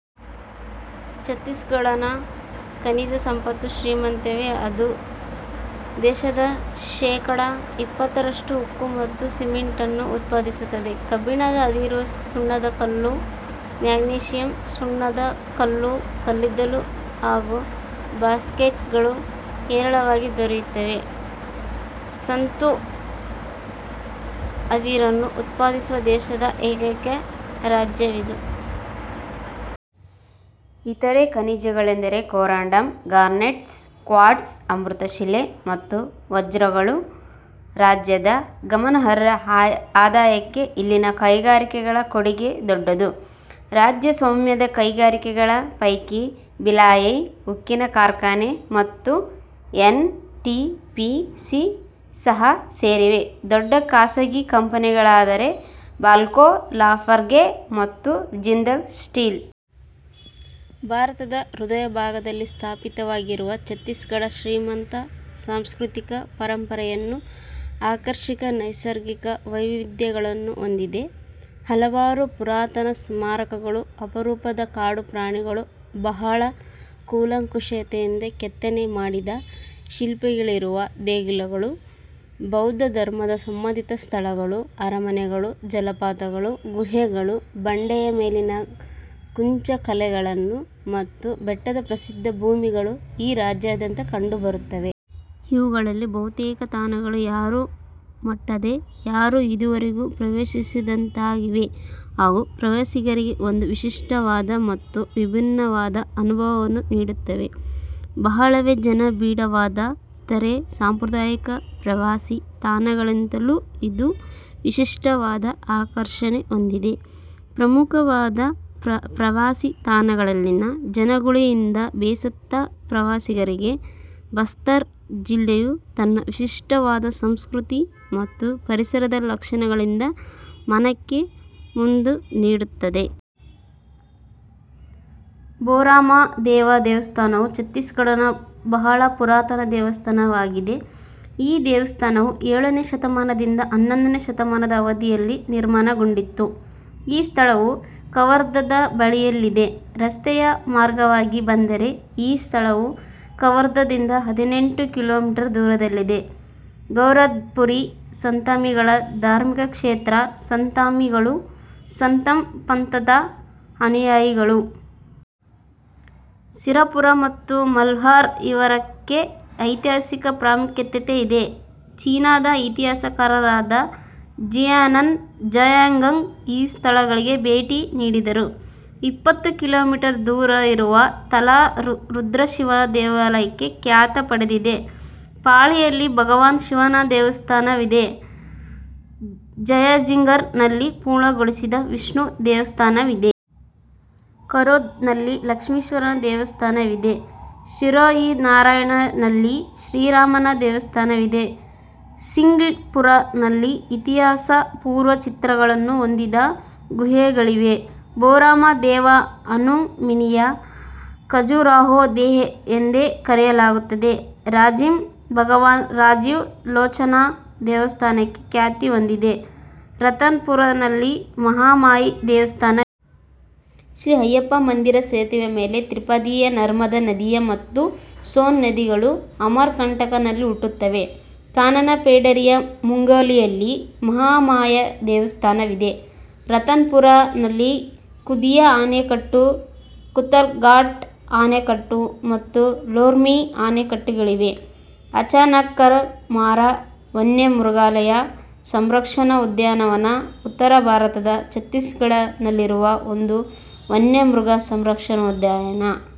ಛತ್ತೀಸ್ ಘಡ್ ನ ಖನಿಜ ಸಂಪತ್ತೂ ಶ್ರೀಮಂತವೇ. ಅದು ದೇಶದ ಶೇಖಡ ಇಪ್ಪತ್ತರಷ್ಟು ಉಕ್ಕು ಮತ್ತು ಸಿಮೆಂಟ್ ಅನ್ನು ಉತ್ಪಾದಿಸುತ್ತದೆ. ಕಬ್ಬಿಣದ ಅದಿರು, ಸುಣ್ಣದಕಲ್ಲು, ಮೆಗ್ನೀಶಿಯಮ್ ಸುಣ್ಣದ ಕಲ್ಲು, ಕಲ್ಲಿದ್ದಲು, ಹಾಗೂ ಬಾಕ್ಸೈಟ್ ಗಳು ಹೇರಳವಾಗಿ ದೊರೆಯುತ್ತವೆ. ಸತು ಅದಿರನ್ನು ಉತ್ಪಾದಿಸುವ ದೇಶದ ಏಕೈಕ ರಾಜ್ಯವಿದು. ಇತರ ಖನಿಜಗಳೆಂದರೆ ಕೊರಾಂಡಮ್, ಗಾರ್ನೆಟ್, ಕ್ವಾರ್ಟ್ಝ್, ಅಮೃತಶಿಲೆ ಮತ್ತು ವಜ್ರಗಳು. ರಾಜ್ಯದ ಗಮನಾರ್ಹ ಆದಾಯಕ್ಕೆ ಇಲ್ಲಿನ ಕೈಗಾರಿಕೆಗಳ ಕೊಡುಗೆ ದೊಡ್ಡದು. ರಾಜ್ಯ-ಸ್ವಾಮ್ಯದ ಕೈಗಾರಿಕೆಗಳ ಪೈಕಿ ಭಿಲಾಯ್ ಉಕ್ಕಿನ ಕಾರ್ಖಾನೆ ಮತ್ತು ಎನ್. ಟಿ. ಪಿ. ಸಿ. ಸಹ ಸೇರಿವೆ. ದೊಡ್ಡ ಖಾಸಗಿ ಕಂಪನಿಗಳೆಂದರೆ ಬಾಲ್ಕೋ, ಲಾಫಾರ್ಗೆ ಮತ್ತು ಜಿಂದಾಲ್ ಸ್ಟೀಲ್. ಭಾರತದ ಹೃದಯಭಾಗದಲ್ಲಿ ಸ್ಥಾಪಿತವಾಗಿರುವ ಛತ್ತೀಸ್ ಘಡ್ ಶ್ರೀಮಂತ ಸಾಂಸ್ಕೃತಿಕ ಪರಂಪರೆಯನ್ನೂ, ಆಕರ್ಷಕ ನೈಸರ್ಗಿಕ ವೈವಿಧ್ಯಗಳನ್ನೂ ಹೊಂದಿದೆ. ಹಲವಾರು ಪುರಾತನ ಸ್ಮಾರಕಗಳು, ಅಪರೂಪದ ಕಾಡುಪ್ರಾಣಿಗಳು, ಬಹಳ ಕುಶಲತೆಯಿಂದ ಕೆತ್ತನೆ ಮಾಡಿದ ಶಿಲ್ಪಗಳಿರುವ ದೇಗುಲಗಳು, ಬೌದ್ಧ ಧರ್ಮ ಸಂಬಂಧಿತ ಸ್ಥಳಗಳು, ಅರಮನೆಗಳು, ಜಲಪಾತಗಳು, ಗುಹೆಗಳು, ಬಂಡೆಯ ಮೇಲಿನ ಕುಂಚಕಲೆಗಳು ಮತ್ತು ಬೆಟ್ಟದ ಪ್ರಸ್ಥಭೂಮಿಗಳು ಈ ರಾಜ್ಯಾದ್ಯಂತ ಕಂಡುಬರುತ್ತವೆ. ಇವುಗಳಲ್ಲಿ ಬಹುತೇಕ ತಾಣಗಳು ಯಾರೂ ಮಟ್ಟದೆ, ಯಾರೂ ಇಂದಿನವರೆಗೂ ಪ್ರವೇಶಿಸದಂತಹವಾಗಿವೆ ಹಾಗೂ ಪ್ರವಾಸಿಗರಿಗೆ ಒಂದು ವಿಶಿಷ್ಟವಾದ ಮತ್ತು ವಿಭಿನ್ನವಾದ ಅನುಭವವನ್ನು ನೀಡುತ್ತವೆ; ಬಹಳವೇ ಜನನಿಬಿಡವಾದ ಇತರ ಸಾಂಪ್ರದಾಯಿಕ ಪ್ರವಾಸಿ ತಾಣಗಳಿಗಿಂತಲೂ ಇದು ವಿಶೇಷವಾದ ಆಕರ್ಷಣೆ ಹೊಂದಿದೆ. ಪ್ರಮುಖವಾದ ಪ್ರವಾಸಿ ತಾಣಗಳಲ್ಲಿನ ಜನಜಂಗುಳಿಯಿಂದ ಬೇಸತ್ತ ಪ್ರವಾಸಿಗರಿಗೆ ಬಸ್ತಾರ್ ಜಿಲ್ಲೆಯು ತನ್ನ ವಿಶಿಷ್ಟವಾದ ಸಂಸ್ಕೃತಿ ಮತ್ತು ಪರಿಸರದ ಲಕ್ಷಣಗಳಿಂದ ಮನಕ್ಕೆ ಮುದ ನೀಡುತ್ತದೆ. ಭೋರಾಮ್ ದೇವ್ ದೇವಸ್ಥಾನವೂ ಛತ್ತೀಸ್ ಘಡ್ ನ ಬಹಳ ಪುರಾತನ ದೇವಸ್ಥಾನವಾಗಿದೆ. ಈ ದೇವಸ್ಥಾನವು ಏಳನೆಯ ಶತಮಾನದಿಂದ ಹನ್ನೊಂದನೆಯ ಶತಮಾನದ ಅವಧಿಯಲ್ಲಿ ನಿರ್ಮಾಣಗೊಂಡಿತು. ಈ ಸ್ಥಳವು ಕವಾರ್ಧಾದ ಬಳಿಯಲ್ಲಿದೆ. ರಸ್ತೆಯ ಮಾರ್ಗವಾಗಿ ಬಂದರೆ ಈ ಸ್ಥಳವು ಕವಾರ್ಧಾದಿಂದ ಹದಿನೆಂಟು ಕಿಲೋಮೀಟರ್ ದೂರದಲ್ಲಿದೆ. ಗಿರೌಧ್ ಪುರಿ ಸತ್ನಾಮೀಗಳ ಧಾರ್ಮಿಕ ಕ್ಷೇತ್ರ; ಸತ್ನಾಮಿಗಳು ಸತ್ನಾಮ್ ಪಂಥದ ಅನುಯಾಯಿಗಳು. ಸಿರ್ ಪುರ್ ಮತ್ತು ಮಲ್ಹಾರ್ ಇವಕ್ಕೆ ಐತಿಹಾಸಿಕ ಪ್ರಾಮುಖ್ಯತೆಯಿದೆ; ಚೀನಾದ ಇತಿಹಾಸಕಾರರಾದ ಝುಯಾನ್ ಝಾಂಗ್ ಈ ಸ್ಥಳಗಳಿಗೆ ಭೇಟಿ ನೀಡಿದ್ದರು. ಇಪ್ಪತ್ತು ಕಿಲೋಮೀಟರ್ ದೂರ ಇರುವ ತಾಲಾ ರುದ್ರಶಿವನ ದೇಗುಲಕ್ಕೆ ಖ್ಯಾತಿ ಪಡೆದಿದೆ. ಪಾಳಿಯಲ್ಲಿ ಭಗವಾನ್ ಶಿವನ ದೇವಸ್ಥಾನವಿದೆ. ಜಂಜಿಗಿರ್ ನಲ್ಲಿ ಪೂರ್ಣಗೊಳಿಸದ ವಿಷ್ಣುವಿನ ದೇವಸ್ಥಾನವಿದೆ. ಖರೋದ್ ನಲ್ಲಿ ಲಕ್ಷ್ಮಣೇಶ್ವರನ ದೇವಸ್ಥಾನವಿದೆ. ಶಿಯೋರಿ ನಾರಾಯಣ್ ನಲ್ಲಿ ಶ್ರೀರಾಮನ ದೇವಸ್ಥಾನವಿದೆ ಸಿಂಘ್ ಪುರ್ ನಲ್ಲಿ ಇತಿಹಾಸ-ಪೂರ್ವ ಚಿತ್ರಗಳನ್ನು ಹೊಂದಿದ ಗುಹೆಗಳಿವೆ. ಭೋರಾಮ್ ದೇವ್ ಅನ್ನು ಮಿನಿ ಖಜುರಾಹೋ ಎಂದೇ ಕರೆಯಲಾಗುತ್ತದೆ ರಾಜಿಮ್ ಭಗವಾನ್ ರಾಜೀವ ಲೋಚನ ದೇವಸ್ಥಾನಕ್ಕೆ ಖ್ಯಾತಿಹೊಂದಿದೆ. ರತನ್ ಪುರ್ ನಲ್ಲಿ ಮಹಾಮಾಯಾ ದೇವಸ್ಥಾನವಿದೆ. ಶ್ರೀ ಅಯ್ಯಪ್ಪ ಮಂದಿರ ಸೇತುವೆಯ ಮೇಲೆ, ತಿಫ್ರಾದಲ್ಲಿದೆ ನರ್ಮದಾ ನದಿ ಮತ್ತು ಸೋನ್ ನದಿಗಳು ಅಮರ್ ಕಂಟಕ್ ನಲ್ಲಿ ಹುಟ್ಟುತ್ತವೆ ಕಾನನ್ ಪೆಂಡಾರಿ ಮುಂಗೇಲಿಯಲ್ಲಿ ಮಾ ಮಹಾಮಾಯಾ ದೇವಸ್ಥಾನವಿದೆ ರತನ್ ಪುರ್ ನಲ್ಲಿ ಖುದಿಯಾ ಅಣೆಕಟ್ಟು, ಖುತಾಘಾಟ್ ಅಣೆಕಟ್ಟು, ಮತ್ತು ಲೋರ್ಮಿ ಅಣೆಕಟ್ಟುಗಳಿವೆ ಅಚಾನಕ್ ಮಾರ್ ವನ್ಯಮೃಗ ಸಂರಕ್ಷಣಾ ಉದ್ಯಾನವನ ಉತ್ತರ ಭಾರತದ ಛತ್ತೀಸ್ ಘಡ್ ನಲ್ಲಿರುವ ಒಂದು ವನ್ಯಮೃಗ ಸಂರಕ್ಷಣೋದ್ಯಾನ.